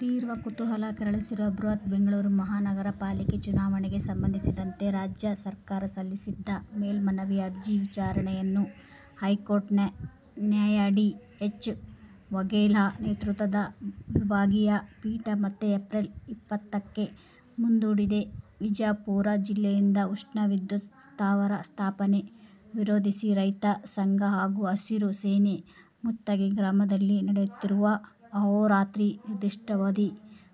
ತೀವ್ರ ಕುತೂಹಲ ಕೆರಳಿಸಿರುವ ಬೃಹತ್ ಬೆಂಗಳೂರು ಮಹಾನಗರ ಪಾಲಿಕೆ ಚುನಾವಣೆಗೆ ಸಂಬಂಧಿಸಿದಂತೆ ರಾಜ್ಯ ಸರ್ಕಾರ ಸಲ್ಲಿಸಿದ್ದ ಮೇಲ್ಮನವಿ ಅರ್ಜಿ ವಿಚಾರಣೆಯನ್ನು ಹೈಕೋರ್ಟ್ ನ ನ್ಯಾ. ಡಿ. ಎಚ್. ವಘೇಲಾ ನೇತೃತ್ವದ ವಿಭಾಗೀಯ ಪೀಠ ಮತ್ತೆ ಏಪ್ರಿಲ್ ಇಪ್ಪತ್ತಕ್ಕೆ ಮುಂದೂಡಿದೆ. ವಿಜಾಪುರ ಜಿಲ್ಲೆಯಿಂದ ಉಷ್ಣ ವಿದ್ಯುತ್ ಸ್ಥಾವರ ಸ್ಥಾಪನೆ ವಿರೋಧಿಸಿ ರೈತ ಸಂಘ ಹಾಗೂ ಹಸಿರು ಸೇನೆ ಮುತ್ತಗಿ ಗ್ರಾಮದಲ್ಲಿ ನಡೆಸುತ್ತಿರುವ ಅಹೋರಾತ್ರಿ ಅನಿರ್ದಿಷ್ಟಾವಧಿ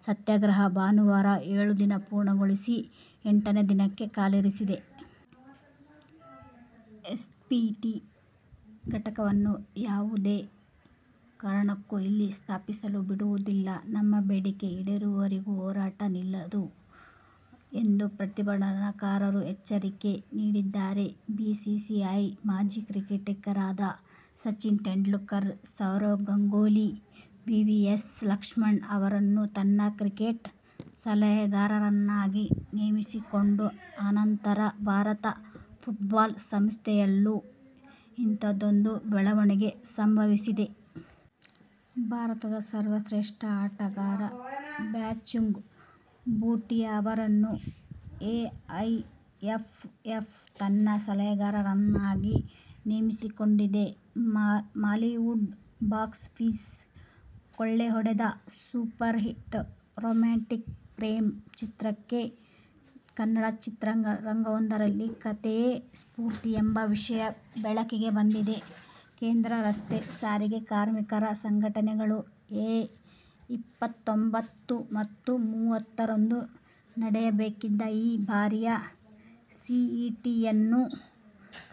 ಸತ್ಯಾಗ್ರಹ ಭಾನುವಾರ ಏಳು ದಿನ ಪೂರ್ಣಗೊಳಿಸಿ ಎಂಟನೇ ದಿನಕ್ಕೆ ಕಾಲಿರಿಸಿದೆ. ಎನ್ಟಿಪಿಸಿ ಘಟಕವನ್ನು ಯಾವುದೇ ಕಾರಣಕ್ಕೂ ಇಲ್ಲಿ ಸ್ಥಾಪಿಸಲು ಬಿಡುವುದಿಲ್ಲ. ನಮ್ಮ ಬೇಡಿಕೆ ಈಡೇರುವವರೆಗೂಹೋರಾಟ ನಿಲ್ಲದು ಎಂದು ಪ್ರತಿಭಟನಾಕಾರರು ಎಚ್ಚರಿಕೆ ನೀಡಿದ್ದಾರೆ. ಬಿಸಿಸಿಐ ಮಾಜಿ ಕ್ರಿಕೆಟಿಗರಾದ ಸಚಿನ್ ತೆಂಡುಲ್ಕರ್, ಸೌರವ್ ಗಂಗೂಲಿ, ವಿವಿಎಸ್ ಲಕ್ಷ್ಮಣ್ ಅವರನ್ನು ತನ್ನ ಕ್ರಿಕೆಟ್ ಸಲಹೆಗಾರರನ್ನಾಗಿ ನೇಮಿಸಿಕೊಂಡ ಅನಂತರ ಭಾರತ ಫುಟ್ಬಾಲ್ ಸಂಸ್ಥೆಯಲ್ಲೂ ಇಂಥದೊಂದು ಬೆಳವಣಿಗೆ ಸಂಭವಿಸಿದೆ. ಭಾರತದ ಸರ್ವಶ್ರೇಷ್ಠ ಆಟಗಾರ ಬೈಚುಂಗ್ ಭುಟಿಯಾ ಅವರನ್ನು ಎಐಎಫ್ಎಫ್ ತನ್ನ ಸಲಹೆಗಾರರನ್ನಾಗಿ ನೇಮಿಸಿಕೊಂಡಿದೆ. ಮಾಲಿವುಡ್ ಬಾಕ್ಸಾಫೀಸ್ ಕೊಳ್ಳೆಹೊಡೆದ ಸೂಪರ್ ಹಿಟ್ ರೊಮ್ಯಾಂಟಿಕ್ ಪ್ರೇಮಂ ಚಿತ್ರಕ್ಕೆ ಕನ್ನಡ ಚಿತ್ರವೊಂದರ ಕಥೆಯೇ ಸ್ಪೂರ್ತಿ ಎಂಬ ವಿಷಯ ಬೆಳಕಿಗೆ ಬಂದಿದೆ. ಕೇಂದ್ರ ರಸ್ತೆ ಸಾರಿಗೆ ಕಾರ್ಮಿಕ ಸಂಘಟನೆಗಳು ಎ. ಇಪ್ಪತ್ತಒಂಬತ್ತು ಮತ್ತು ಮೂವತ್ತು ರಂದು ನಡೆಯಬೇಕಿದ್ದ ಈ ಬಾರಿಯ ಸಿಇಟಿಯನ್ನು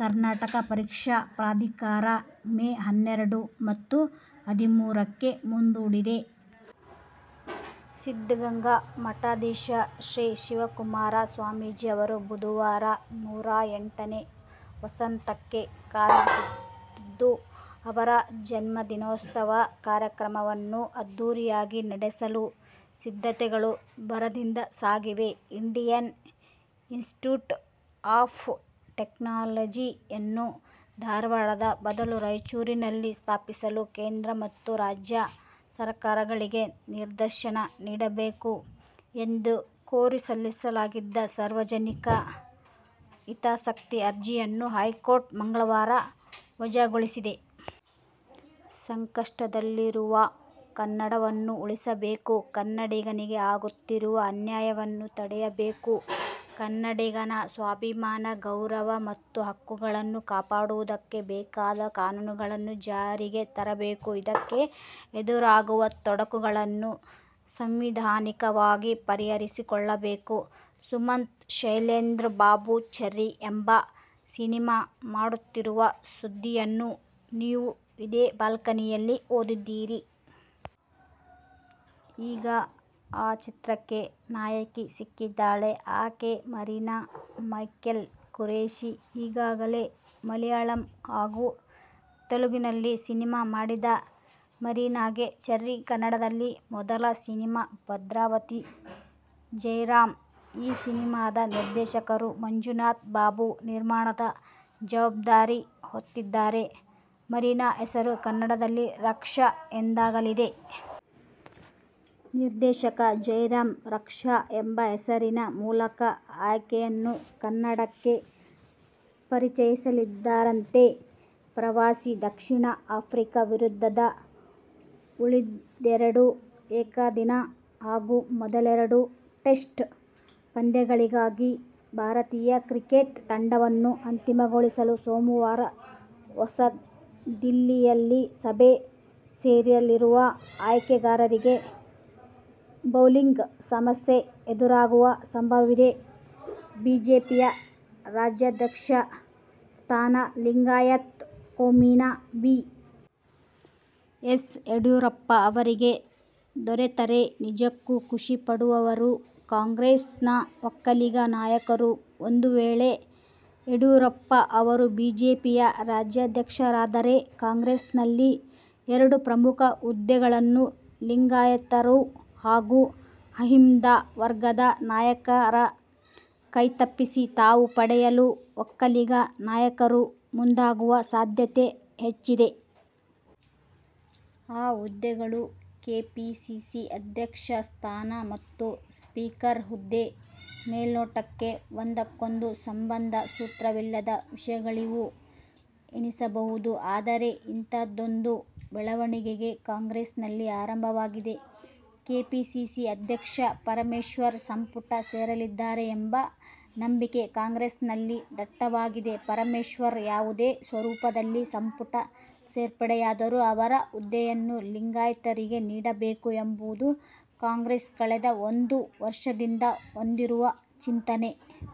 ಕರ್ನಾಟಕ ಪರೀಕ್ಷಾ ಪ್ರಾಧಿಕಾರ ಮೇ ಹನ್ನೆರಡು ಮತ್ತು ಹದಿಮೂರು ಕ್ಕೆ ಮುಂದೂಡಿದೆ. ಸಿದ್ಧಗಂಗಾ ಮಠಾಧೀಶ ಶ್ರೀ ಶಿವಕುಮಾರ ಸ್ವಾಮೀಜಿ ಅವರು ಬುಧವಾರ ನೂರಾ ಎಂಟು ನೇ ವಸಂತಕ್ಕೆ ಕಾಲಿರಿಸುತ್ತಿದ್ದು, ಅವರ ಜನ್ಮದಿನೋತ್ಸವ ಕಾರ್ಯಕ್ರಮವನ್ನು ಅದ್ಧೂರಿಯಾಗಿ ನಡೆಸಲು ಸಿದ್ಧತೆಗಳು ಭರದಿಂದ ಸಾಗಿವೆ. ಇಂಡಿಯನ್ ಇನ್ಸ್ಟಿಟ್ಯೂಟ್ ಆಫ್ ಟೆಕ್ನಾಲಜಿ ಯನ್ನು ಧಾರವಾಡದ ಬದಲು ರಾಯಚೂರಿನಲ್ಲಿ ಸ್ಥಾಪಿಸಲು ಕೇಂದ್ರ ಮತ್ತು ರಾಜ್ಯ ಸರಕಾರಗಳಿಗೆ ನಿರ್ದೇಶನ ನೀಡಬೇಕು ಎಂದು ಕೋರಿ ಸಲ್ಲಿಸಲಾಗಿದ್ದ ಸಾರ್ವಜನಿಕ ಹಿತಾಸಕ್ತಿ ಅರ್ಜಿಯನ್ನು ಹೈಕೋರ್ಟ್ ಮಂಗಳವಾರ ವಜಾಗೊಳಿಸಿದೆ. ಸಂಕಷ್ಟದಲ್ಲಿರುವ ಕನ್ನಡವನ್ನು ಉಳಿಸಬೇಕು. ಕನ್ನಡಿಗನಿಗೆ ಆಗುತ್ತಿರುವ ಅನ್ಯಾಯವನ್ನು ತಡೆಯ ಬೇಕು. ಕನ್ನಡಿಗನ ಸ್ವಾಭಿಮಾನ, ಗೌರವ ಮತ್ತು ಹಕ್ಕು ಗಳನ್ನು ಕಾಪಾಡುವುದಕ್ಕೆ ಬೇಕಾದ ಕಾನೂನುಗಳನ್ನು ಜಾರಿಗೆ ತರಬೇಕು. ಇದಕ್ಕೆ ಎದುರಾಗುವ ತೊಡಕುಗಳನ್ನು ಸಾಂವಿಧಾನಿಕವಾಗಿ ಪರಿಹರಿಸಿಕೊಳ್ಳಬೇಕು. ಸುಮಂತ್ ಶೈಲೇಂದ್ರ ಬಾಬು ಚೆರ್ರಿ ಎಂಬ ಸಿನಿಮಾ ಮಾಡುತ್ತಿರುವ ಸುದ್ದಿಯನ್ನು ನೀವು ಇದೇ ಬಾಲ್ಕನಿಯಲ್ಲಿ ಓದಿದ್ದೀರಿ. ಈಗ ಆ ಚಿತ್ರಕ್ಕೆ ನಾಯಕಿ ಸಿಕ್ಕಿದ್ದಾಳೆ. ಆಕೆ ಮರೀನಾ ಮೈಕೆಲ್ ಖುರೇಶಿ. ಈಗಾಗಲೇ ಮಲಯಾಳಂ ಹಾಗೂ ತೆಲುಗಿನಲ್ಲಿ ಸಿನಿಮಾ ಮಾಡಿದ ಮರೀನಾಗೆ "ಚೆರ್ರಿ' ಕನ್ನಡದಲ್ಲಿ ಮೊದಲ ಸಿನಿಮಾ. ಭದ್ರಾವತಿ ಜಯರಾಂ ಈ ಸಿನಿಮಾದ ನಿರ್ದೇಶಕರು. ಮಂಜುನಾಥ್ ಬಾಬು ನಿರ್ಮಾಣದ ಜವಾಬ್ದಾರಿ ಹೊತ್ತಿದ್ದಾರೆ. ಮರೀನಾ ಹೆಸರು ಕನ್ನಡದಲ್ಲಿ ರಕ್ಷಾ ಎಂದಾಗಲಿದೆ. ನಿರ್ದೇಶಕ ಜಯರಾಂ ರಕ್ಷಾ ಎಂಬ ಹೆಸರಿನ ಮೂಲಕ ಆಕೆಯನ್ನು ಕನ್ನಡಕ್ಕೆ ಪರಿಚಯಿಸಲಿದ್ದಾರಂತೆ. ಪ್ರವಾಸಿ ದಕ್ಷಿಣ ಆಫ್ರಿಕಾ ವಿರುದ್ಧದ ಉಳಿದೆರಡು ಏಕದಿನ ಹಾಗೂ ಮೊದಲೆರಡು ಟೆಸ್ಟ್ ಪಂದ್ಯಗಳಿಗಾಗಿ ಭಾರತೀಯ ಕ್ರಿಕೆಟ್ ತಂಡವನ್ನು ಅಂತಿಮಗೊಳಿಸಲು ಸೋಮವಾರ ಹೊಸದಿಲ್ಲಿಯಲ್ಲಿ ಸಭೆ ಸೇರಲಿರುವ ಆಯ್ಕೆಗಾರರಿಗೆ ಬೌಲಿಂಗ್ ಸಮಸ್ಯೆ ಎದುರಾಗುವ ಸಂಭವವಿದೆ. ಬಿಜೆಪಿಯ ರಾಜ್ಯಾಧ್ಯಕ್ಷ ಸ್ಥಾನ ಲಿಂಗಾಯತ ಕೋಮಿನ ಬಿ. ಎಸ್. ಯಡಿಯೂರಪ್ಪ ಅವರಿಗೆ ದೊರೆತರೆ ನಿಜಕ್ಕೂ ಖುಷಿ ಪಡುವವರು ಕಾಂಗ್ರೆಸ್ನ ಒಕ್ಕಲಿಗ ನಾಯಕರು! ಒಂದು ವೇಳೆ ಯಡಿಯೂರಪ್ಪ ಅವರು ಬಿಜೆಪಿಯ ರಾಜ್ಯಾಧ್ಯಕ್ಷರಾದರೆ ಕಾಂಗ್ರೆಸ್ನಲ್ಲಿ ಎರಡು ಪ್ರಮುಖ ಹುದ್ದೆ ಗಳನ್ನು ಲಿಂಗಾಯತರುಹಾಗೂ ಅಹಿಂದ ವರ್ಗದ ನಾಯಕರ ಕೈತಪ್ಪಿಸಿ ತಾವು ಪಡೆಯಲು ಒಕ್ಕಲಿಗ ನಾಯಕರು ಮುಂದಾಗುವ ಸಾಧ್ಯತೆ ಹೆಚ್ಚಿದೆ. ಆ ಹುದ್ದೆಗಳು-ಕೆಪಿಸಿಸಿ ಅಧ್ಯಕ್ಷ ಸ್ಥಾನ ಮತ್ತು ಸ್ಪೀಕರ್ ಹುದ್ದೆ. ಮೇಲುನೋಟಕ್ಕೆ ಒಂದ ಕ್ಕೊಂದು ಸಂಬಂಧ ಸೂತ್ರವಿಲ್ಲದ ವಿಷಯಗಳಿವು ಎನಿಸಬಹುದು. ಆದರೆ, ಇಂತಹದೊಂದು ಬೆಳವಣಿಗೆ ಕಾಂಗ್ರೆಸ್ನಲ್ಲಿ ಆರಂಭವಾಗಿದೆ. ಕೆಪಿಸಿಸಿ ಅಧ್ಯಕ್ಷ ಪರಮೇಶ್ವರ್ ಸಂಪುಟ ಸೇರಲಿದ್ದಾರೆ ಎಂಬ ನಂಬಿಕೆ ಕಾಂಗ್ರೆಸ್ನಲ್ಲಿ ದಟ್ಟವಾಗಿದೆ. ಪರಮೇಶ್ವರ್ ಯಾವುದೇ ಸ್ವರೂಪದಲ್ಲಿ ಸಂಪುಟ ಸೇರ್ಪಡೆಯಾದರೂ ಅವರ ಹುದ್ದೆಯನ್ನು ಲಿಂಗಾಯತರಿಗೆ ನೀಡಬೇಕು ಎಂಬದು ಕಾಂಗ್ರೆಸ್ ಕಳೆದ ಒಂದು ವರ್ಷದಿಂದ ಹೊಂದಿರುವ ಚಿಂತನೆ.